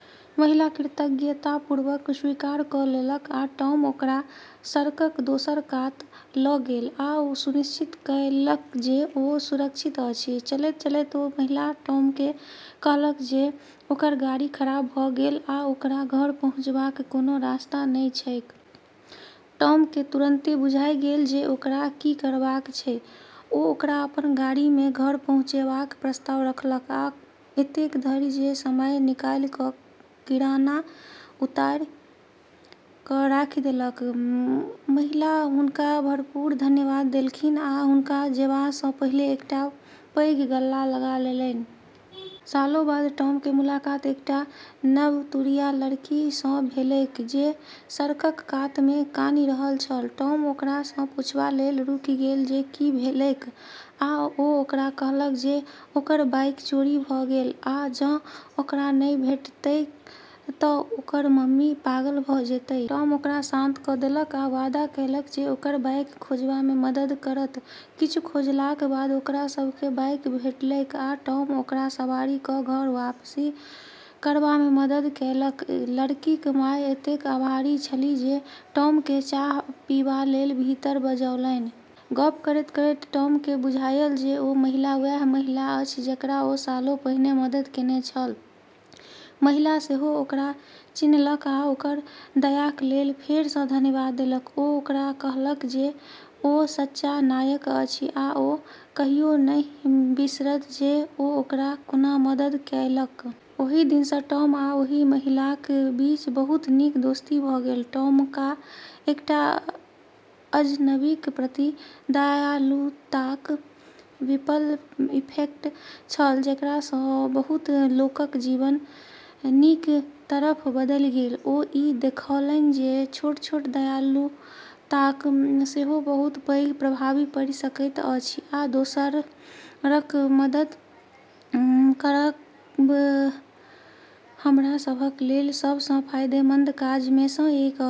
महिला कृतज्ञतापूर्वक स्वीकार क’ लेलक, आ टॉम ओकरा सड़कक दोसर कात ल’ गेल आ सुनिश्चित कएलक जे ओ सुरक्षित अछि। चलैत-चलैत ओ महिला टॉमकेँ कहलक जे ओकर गाड़ी खराब भ’ गेल आ ओकरा घर पहुँचबाक कोनो रास्ता नहि छैक। टॉमकेँ तुरंते बुझाइ गेल जे ओकरा की करबाक छैक। ओ ओकरा अपन गाड़ीमे घर पहुँचेबाक प्रस्ताव रखलक, आ एतेक धरि जे समय निकालि क’ किराना उतारि क’ राखि देलक। महिला हुनका भरपूर धन्यवाद देलखिन आ हुनका जेबा सँ पहिने एकटा पैघ गल्ला लगा लेलनि। सालों बाद टॉमकेँ मुलाकात एकटा नवतुरिया लड़की सँ भेलैक जे सड़कक कातमे कानि रहल छल। टॉम ओकरा सँ पूछबा लेल रुकि गेल जे की भेलैक, आ ओ ओकरा कहलक जे ओकर बाइक चोरी भ’ गेल आ जँ ओकरा नहि भेटतैक तँ ओकर ममी पागल भ’ जेतै। टॉम ओकरा शांत क’ देलक आ वादा कएलक जे ओकर बाइक खोजबामे मदद करत। किछु खोजलाक बाद ओकरा सभकेँ बाइक भेटलैक आ टॉम ओकरा सवारी क’ घर वापसी करबामे मदद कएलक। लड़कीक माय एतेक आभारी छलीह जे टॉमकेँ चाह पीबा लेल भीतर बजौलनि। गप्प करैत-करैत टॉमकेँ बुझायल जे ओ महिला वैह महिला अछि जकरा ओ सालों पहिने मदद केने छल। महिला सेहो ओकरा चिन्हलक, आ ओकर दयाक लेल फेर सँ धन्यवाद देलक। ओ ओकरा कहलक जे ओ सच्चा नायक अछि, आ ओ कहियो नहि बिसरत जे ओ ओकरा कोना मदद कएलक। ओहि दिन सँ टॉम आ ओहि महिलाक बीच बहुत नीक दोस्ती भ’ गेल। टॉमका एकटा अजनबीक प्रति दयालुताक रिपल इफेक्ट छल जेकरा सँ बहुत लोकक जीवन नीक तरफ बदलि गेल। ओ ई देखौलनि जे छोट-छोट दयालुताक सेहो बहुत पैघ प्रभाव पड़ि सकैत अछि, आ दोसरक मदद करब हमरा सभक लेल सभ सँ फायदेमंद काजमे सँ एक अछि।